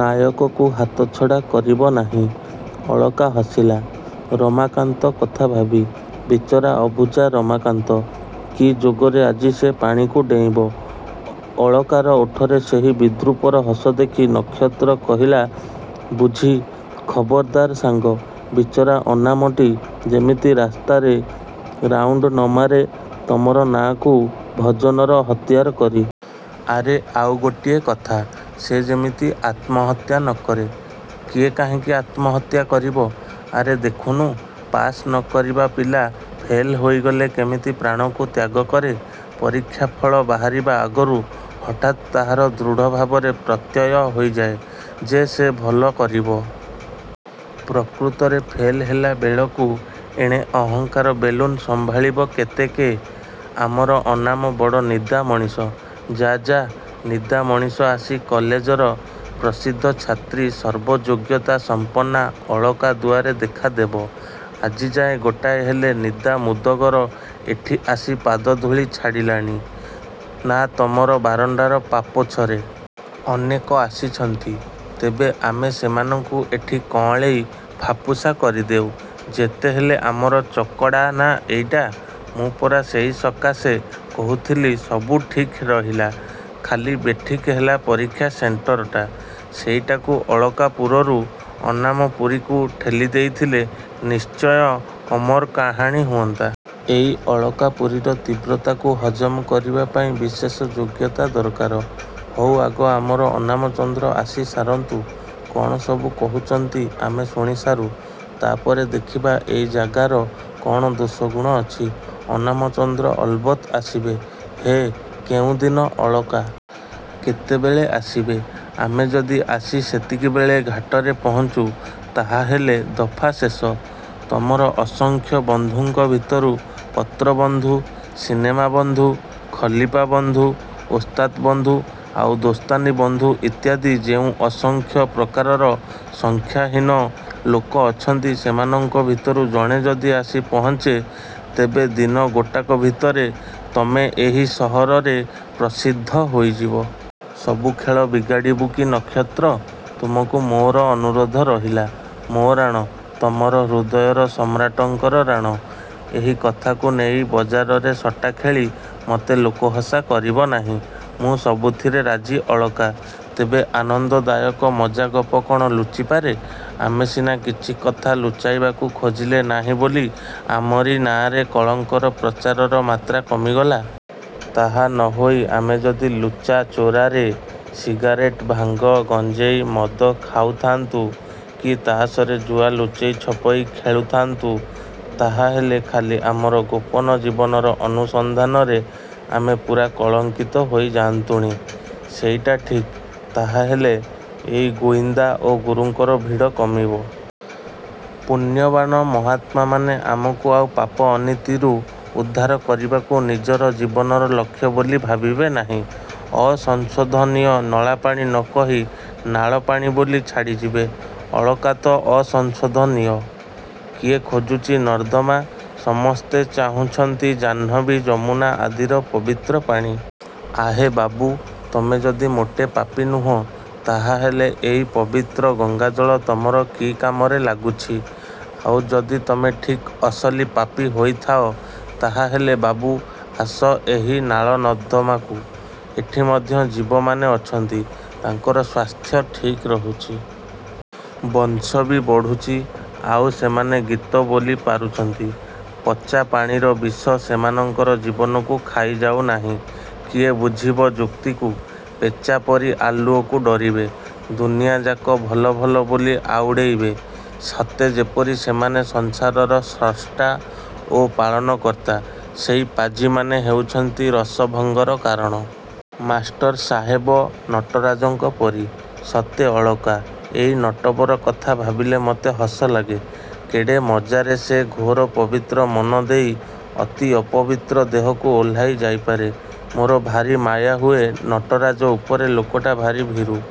ନାୟକକୁ ହାତଛଡ଼ା କରିବ ନାହିଁ। ଅଳକା ହସିଲା–ରମାକାନ୍ତ କଥା ଭାବି। ବିଚରା ଅବୁଝା ରମାକାନ୍ତ। କି ଯୋଗରେ ଆଜି ସେ ପାଣିକୁ ଡେଇଁବ? ଅଳକାର ଓଠରେ ସେହି ବିଦ୍ରୂପର ହସ ଦେଖି ନକ୍ଷତ୍ର କହିଲା–ବୁଝି ଖବରଦାର ସାଙ୍ଗ-। ବିଚରା ଅନାମଟି ଯେମିତି ରାସ୍ତାରେ ରାଉଣ୍ଡ ନ ମାରେ ତମର ନାଁକୁ ଭଜନର ହତିଆର କରି-।... ଆରେ, ଆଉ ଗୋଟିଏ କଥା–ସେ ଯେମିତି ଆତ୍ମହତ୍ୟା ନ କରେ। –କିଏ କାହିଁକି ଆତ୍ମହତ୍ୟା କରିବ? –ଆରେ ଦେଖୁନୁ ପାସ୍ ନ କରିବା ପିଲା ଫେଲ୍ ହୋଇଗଲେ କେମିତି ପ୍ରାଣକୁ ତ୍ୟାଗକରେ। ପରୀକ୍ଷା ଫଳ ବାହାରିବା ଆଗରୁ ହଠାତ୍ ତାହାର ଦୃଢ଼। ଭାବରେ ପ୍ରତ୍ୟୟ ହୋଇଯାଏ ଯେ, ସେ ଭଲ କରିବ। ପ୍ରକୃତରେ ଫେଲ ହେଲା ବେଳକୁ ଏଣେ ଅହଙ୍କାର ବେଲୁନ ସମ୍ଭାଳିବ କେତେକେ? –ଆମର ଅନାମ ବଡ଼ ନିଦା ମଣିଷ। –ଯା–ଯା। ନିଦା ମଣିଷ ଆସି କଲେଜର ପ୍ରସିଦ୍ଧ ଛାତ୍ରୀ–ସର୍ବଯୋଗ୍ୟତା–ସଂପନ୍ନା ଅଳକା ଦୁଆରେ ଦେଖା ଦେବ? ଆଜିଯାଏ ଗୋଟାଏ ହେଲେ ନିଦା ମୁଦଗର ଏଠି ଆସି ପାଦଧୂଳି ଛାଡ଼ିଲାଣି ନା, ତମର ବାରଣ୍ଡାର ପାପୋଛରେ? –ଅନେକ ଆସିଛନ୍ତି। ତେବେ ଆମେ ସେମାନଙ୍କୁ ଏଠି କଅଁଳେଇ ଫାପୁସା କରିଦେଉ-। ଯେତେହେଲେ ଆମର ଚକଡ଼ା ନା... ଏଇଟା? –ମୁଁ ପରା ସେଇ ସକାଶେ କହୁଥିଲି ସବୁ ଠିକ୍ ରହିଲା। ଖାଲି ବେଠିକ ହେଲା ପରୀକ୍ଷା ସେଣ୍ଟରଟା–ସେଇଟାକୁ ଅଳକା–ପୁରରୁ ଅନାମ–ପୁରୀକୁ ଠେଲି ଦେଇଥିଲେ ନିଶ୍ଚୟ ଅମର କାହାଣୀ ହୁଅନ୍ତା। ଏଇ ଅଳକାପୁରୀର ତୀବ୍ରତାକୁ ହଜମ କରିବା ପାଇଁ ବିଶେଷ ଯୋଗ୍ୟତା ଦରକାର। –ହଉ, ଆଗ ଆମର ଅନାମଚନ୍ଦ୍ର ଆସି ସାରନ୍ତୁ। କ'ଣ ସବୁ କହୁଛନ୍ତି ଆମେ ଶୁଣିସାରୁ-। ତା'ପରେ ଦେଖିବା ଏଇ ଜାଗାର କ'ଣ ଦୋଷଗୁଣ ଅଛି। –ଅନାମଚନ୍ଦ୍ର ଅଲବତ୍ ଆସିବେ।... ହେ କେଉଁଦିନ ଅଳକା? କେତେବେଳେ ଆସିବେ?... ଆମେ ଯଦି ଆସି ସେତିକିବେଳେ ଘାଟରେ ପହଞ୍ଚୁ ତାହାହେଲେ ଦଫା ଶେଷ–ତମର ଅସଂଖ୍ୟ ବନ୍ଧୁଙ୍କ ଭିତରୁ, ପତ୍ର–ବନ୍ଧୁ, ସିନେମା–ବନ୍ଧୁ, ଖଲିପା–ବନ୍ଧୁ, ଓସ୍ତାତ୍–ବନ୍ଧୁ ଆଉ ଦୋସ୍ତାନି–ବନ୍ଧୁ ଇତ୍ୟାଦି ଯେଉଁ ଅସଂଖ୍ୟ ପ୍ରକାରର ସଂଖ୍ୟାହୀନ ଲୋକ ଅଛନ୍ତି ସେମାନଙ୍କ ଭିତରୁ ଜଣେ ଯଦି ଆସି ପହଁଞ୍ଚେ ତେବେ ଦିନ ଗୋଟାକ ଭିତରେ ତମେ ଏହି ସହରରେ ପ୍ରସିଦ୍ଧ ହୋଇଯିବ। –ସବୁ ଖେଳ ବିଗାଡ଼ିବୁ କି ନକ୍ଷତ୍ର? ତୁମକୁ ମୋର ଅନୁରୋଧ ରହିଲା–ମୋ ରାଣ–ତମର ହୃଦୟର ସମ୍ରାଟଙ୍କର ରାଣ–ଏହି କଥାକୁ ନେଇ ବଜାରରେ ସଟାଖେଳି ମତେ ଲୋକହସା କରିବ ନାହିଁ। –ମୁଁ ସବୁଥିରେ ରାଜି ଅଳକା। ତେବେ ଆନନ୍ଦଦାୟକ ମଜ୍ଜାଗପ କ'ଣ ଲୁଚିପାରେ? ଆମେ ସିନା କିଛି କଥା ଲୁଚାଇବାକୁ ଖୋଜିଲେ ନାହିଁ ବୋଲି ଆମରି ନାଁରେ କଳଙ୍କର ପ୍ରଚାରର ମାତ୍ରା କମିଗଲା। ତାହା ନ ହୋଇ ଆମେ ଯଦି ଲୁଚାଚୋରାରେ ସିଗାରେଟ, ଭାଙ୍ଗ, ଗଞ୍ଜେଇ, ମଦ ଖାଉଥାନ୍ତୁ କି ତାସରେ ଜୁଆ ଲୁଚେଇ ଛପେଇ ଖେଳୁଥାନ୍ତୁ, ତାହା ହେଲେ ଖାଲି ଆମର ଗୋପନ ଜୀବନର ଅନୁସନ୍ଧାନରେ ଆମେ ପୂରା କଳଙ୍କିତ ହୋଇ ଯାଆନ୍ତୁଣି। –ସେଇଆ ଠିକ୍। ତାହାହେଲେ ଏଇ ଗୁଇନ୍ଦା ଓ ଗୁରୁଙ୍କର ଭିଡ଼ କମିବ। ପୁଣ୍ୟବାନ ମହାତ୍ମାମାନେ ଆମକୁ ଆଉ ପାପ ଅନୀତିରୁ ଉଦ୍ଧାର କରିବାକୁ ନିଜର ଜୀବନର ଲକ୍ଷ୍ୟ ବୋଲି ଭାବିବେ ନାହିଁ। ଅ–ସଂଶୋଧନୀୟ ନଳାପାଣି ନ କହି ନାଳ ପାଣି ବୋଲି ଛାଡ଼ିଯିବେ। ଅଳକା ତ ଅ–ସଂଶୋଧନୀୟା। –କିଏ ଖୋଜୁଛି ନର୍ଦ୍ଦମା? ସମସ୍ତେ ଚାହୁଁଛନ୍ତି ଜାହ୍ନବୀ ଯମୁନା ଆଦିର ପବିତ୍ର ପାଣି। ଆହେ ବାବୁ, ତମେ ଯଦି ମୋଟେ ପାପୀ ନୁହଁ ତାହାହେଲେ ଏଇ ପବିତ୍ର ଗଙ୍ଗାଜଳ ତମର କି କାମରେ ଲାଗୁଛି? ଆଉ ଯଦି ତମେ ଠିକ୍ ଅସଲି ପାପୀ ହୋଇଥାଅ ତାହାହେଲେ ବାବୁ ଆସ ଏହି ନାଳ ନର୍ଦ୍ଦମାକୁ–ଏଠି ମଧ୍ୟ ଜୀବମାନେ ଅଛନ୍ତି। ତାଙ୍କର ସ୍ୱାସ୍ଥ୍ୟ ଠିକ୍ ରହୁଛି। ବଂଶ ବି ବଢ଼ୁଛି-। ଆଉ ସେମାନେ ଗୀତବୋଲି ପାରୁଛନ୍ତି। ପଚାପାଣିର ବିଷ ସେମାନଙ୍କର ଜୀବନକୁ ଖାଇଯାଉ ନାହିଁ। –କିଏ ବୁଝିବ ଯୁକ୍ତିକୁ? ପେଚାପରି ଆଲୁଅକୁ ଡରିବେ। ଦୁନିଆ ଯାକ ଭଲଭଲ ବୋଲି ଆଉଡ଼େଇବେ। ସତେ ଯେପରି ସେମାନେ ସଂସାରର ସ୍ରଷ୍ଟା ଓ ପାଳନକର୍ତ୍ତା। ସେଇ ପାଜିମାନେ ହେଉଛନ୍ତି ରସଭଙ୍ଗର କାରଣ। –ମାଷ୍ଟର ସାହେବ ନଟରାଜଙ୍କ ପରି। –ସତେ ଅଳକା, ଏଇ ନଟବର କଥା ଭାବିଲେ ମତେ ହସ ଲାଗେ। କେଡ଼େ ମଜ୍ଜାରେ ସେ ଘୋର ପବିତ୍ର ମନଦେଇ ଅତି ଅପବିତ୍ର ଦେହକୁ ଓହ୍ଲାଇ ଯାଇପାରେ। ମୋର ଭାରି ମାୟାହୁଏ ନଟରାଜ ଉପରେ ଲୋକଟା ଭାରି ଭୀରୁ।